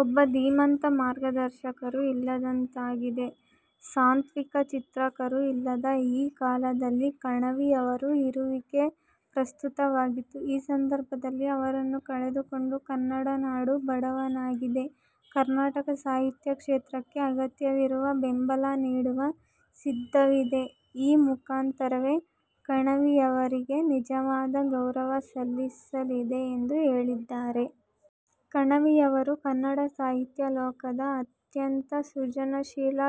ಒಬ್ಬ ಧೀಮಂತ, ಮಾರ್ಗದರ್ಶಕರು ಇಲ್ಲದಂತಾಗಿದೆ. ಸಾತ್ವಿಕ ಚಿಂತಕರು ಇಲ್ಲದ ಈ ಕಾಲದಲ್ಲಿ ಕಣವಿ ಅವರ ಇರುವಿಕೆ ಪ್ರಸ್ತುತವಾಗಿತ್ತು. ಈ ಸಂದರ್ಭದಲ್ಲಿ ಅವರನ್ನು ಕಳೆದುಕೊಂಡು ಕನ್ನಡ ನಾಡು ಬಡವಾಗಿದೆ. ಸರ್ಕಾರ ಸಾಹಿತ್ಯ ಕ್ಷೇತ್ರಕ್ಕೆ ಅಗತ್ಯವಿರುವ ಬೆಂಬಲ ನೀಡುವ ಸಿದ್ಧವಿದೆ. ಈ ಮುಖಾಂತರವೇ ಕಣವಿಯವರಿಗೆ ನಿಜವಾದ ಗೌರವ ಸಲ್ಲಿಸಲಿದೆ ಎಂದು ಹೇಳಿದ್ದಾರೆ. "ಕಣವಿಯವರು ಕನ್ನಡ ಸಾಹಿತ್ಯ ಲೋಕದ ಅತ್ಯಂತ ಸೃಜನಶೀಲ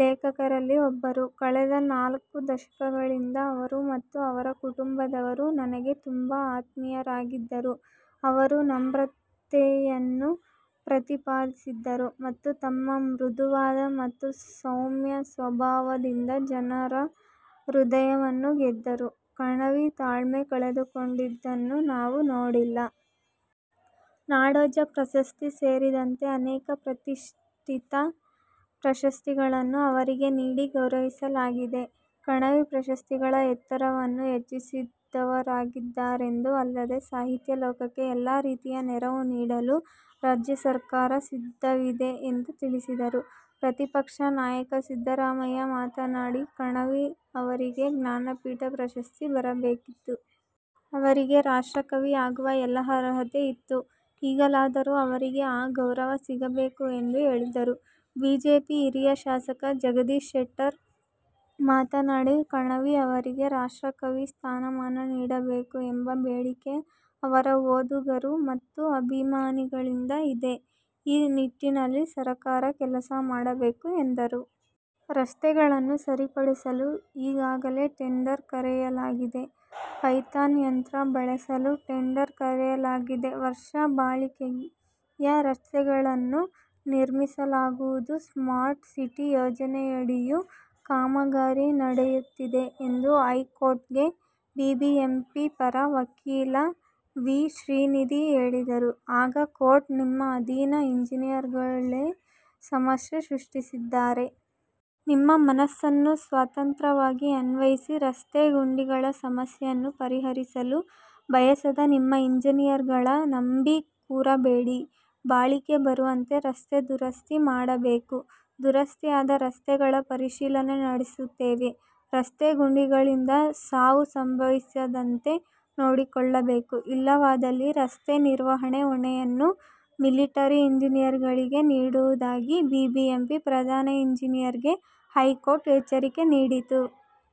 ಲೇಖಕರಲ್ಲಿ ಒಬ್ಬರು. ಕಳೆದ ನಾಲ್ಕು ದಶಕಗಳಿಂದ ಅವರು ಮತ್ತು ಅವರ ಕುಟುಂಬದವರು ನನಗೆ ತುಂಬಾ ಆತ್ಮೀಯರಾಗಿದ್ದರು. ಅವರು ನಮ್ರತೆಯನ್ನು ಪ್ರತಿಪಾದಿಸಿದ್ದರು. ಮತ್ತು ತಮ್ಮ ಮೃದುವಾದ ಮತ್ತು ಸೌಮ್ಯ ಸ್ವಭಾವದಿಂದ ಜನರ ಹೃದಯವನ್ನು ಗೆದ್ದರು, ಕಣವಿ ತಾಳ್ಮೆ ಕಳೆದುಕೊಂಡಿದ್ದನ್ನು ನಾನು ನೋಡಿಲ್ಲ. "ನಾಡೋಜ ಪ್ರಶಸ್ತಿ ಸೇರಿದಂತೆ ಅನೇಕ ಪ್ರತಿಷ್ಠಿತ ಪ್ರಶಸ್ತಿಗಳನ್ನು ಅವರಿಗೆ ನೀಡಿ ಗೌರವಿಸಲಾಗಿದೆ. ಕಣವಿ ಪ್ರಶಸ್ತಿಗಳ ಎತ್ತರವನ್ನು ಹೆಚ್ಚಿಸಿದ್ದವರಾಗಿದ್ದಾರೆಂದರು. ಅಲ್ಲದೆ, ಸಾಹಿತ್ಯ ಲೋಕಕ್ಕೆ ಎಲ್ಲಾ ರೀತಿಯ ನೆರವು ನೀಡಲು ರಾಜ್ಯ ಸರ್ಕಾರ ಸಿದ್ಧವಿದೆ ಎಂದು ತಿಳಿಸಿದರು. ಪ್ರತಿಪಕ್ಷ ನಾಯಕ ಸಿದ್ದರಾಮಯ್ಯ ಮಾತನಾಡಿ, ಕಣವಿ ಅವರಿಗೆ ಜ್ಞಾನಪೀಠ ಪ್ರಶಸ್ತಿ ಬರಬೇಕಿತ್ತು. "ಅವರಿಗೆ 'ರಾಷ್ಟ್ರಕವಿ' ಆಗುವ ಎಲ್ಲ ಅರ್ಹತೆ ಇತ್ತು. ಈಗಲಾದರೂ ಅವರಿಗೆ ಆ ಗೌರವ ಸಿಗಬೇಕು ಎಂದು ಹೇಳಿದರು. ಬಿಜೆಪಿ ಹಿರಿಯ ಶಾಸಕ ಜಗದೀಶ ಶೆಟ್ಟರ್ ಮಾತನಾಡಿ, ಕಣವಿ ಅವರಿಗೆ 'ರಾಷ್ಟ್ರಕವಿ' ಸ್ಥಾನಮಾನ ನೀಡಬೇಕು ಎಂಬ ಬೇಡಿಕೆ ಅವರ ಓದುಗರು ಮತ್ತು ಅಭಿಮಾನಿಗಳಿಂದ ಇದೆ. ಈ ನಿಟ್ಟಿನಲ್ಲಿ ಸರಕಾರ ಕೆಲಸ ಮಾಡಬೇಕು ಎಂದರು. ರಸ್ತೆಗಳನ್ನು ಸರಿಪಡಿಸಲು ಈಗಾಗಲೇ ಟೆಂಡರ್ ಕರೆಯಲಾಗಿದೆ. ಪೈಥಾನ್ ಯಂತ್ರ ಬಳಸಲು ಟೆಂಡರ್ ಕರೆಯಲಾಗಿದೆ. ವರ್ಷ ಬಾಳಿಕೆಯ ರಸ್ತೆಗಳನ್ನು ನಿರ್ಮಿಸಲಾಗುವುದು. ಸ್ಮಾರ್ಟ್ ಸಿಟಿ ಯೋಜನೆಯಡಿಯೂ ಕಾಮಗಾರಿ ನಡೆಯುತ್ತಿದೆ ಎಂದು ಹೈಕೋರ್ಟ್ಗೆ ಬಿಬಿಎಂಪಿ ಪರ ವಕೀಲ ವಿ. ಶ್ರೀನಿಧಿ ಹೇಳಿದರು. ಆಗ ಕೋರ್ಟ್, ನಿಮ್ಮ ಅಧೀನ ಇಂಜಿನಿಯರ್ಗಳೇ ಸಮಸ್ಯೆ ಸೃಷ್ಟಿಸಿದ್ದಾರೆ. ನಿಮ್ಮ ಮನಸ್ಸನ್ನು ಸ್ವತಂತ್ರವಾಗಿ ಅನ್ವಯಿಸಿ, ರಸ್ತೆ ಗುಂಡಿಗಳ ಸಮಸ್ಯೆಯನ್ನು ಪರಿಹರಿಸಲು ಬಯಸದ ನಿಮ್ಮ ಎಂಜಿನಿಯರ್ಗಳ ನಂಬಿ ಕೂರಬೇಡಿ. ಬಾಳಿಕೆ ಬರುವಂತೆ ರಸ್ತೆ ದುರಸ್ತಿ ಮಾಡಬೇಕು. ದುರಸ್ತಿಯಾದ ರಸ್ತೆಗಳ ಪರಿಶೀಲನೆ ನಡೆಸುತ್ತೇವೆ. ರಸ್ತೆ ಗುಂಡಿಗಳಿಂದ ಸಾವು ಸಂಭವಿಸದಂತೆ ನೋಡಿಕೊಳ್ಳಬೇಕು. ಇಲ್ಲವಾದಲ್ಲಿ ರಸ್ತೆ ನಿರ್ವಹಣೆ ಹೊಣೆಯನ್ನು ಮಿಲಿಟರಿ ಇಂಜಿನಿಯರ್ಗಳಿಗೆ ನೀಡುವುದಾಗಿ ಬಿಬಿಎಂಪಿ ಪ್ರಧಾನ ಇಂಜಿನಿಯರ್ಗೆ ಹೈಕೋರ್ಟ್ ಎಚ್ಚರಿಕೆ ನೀಡಿತು.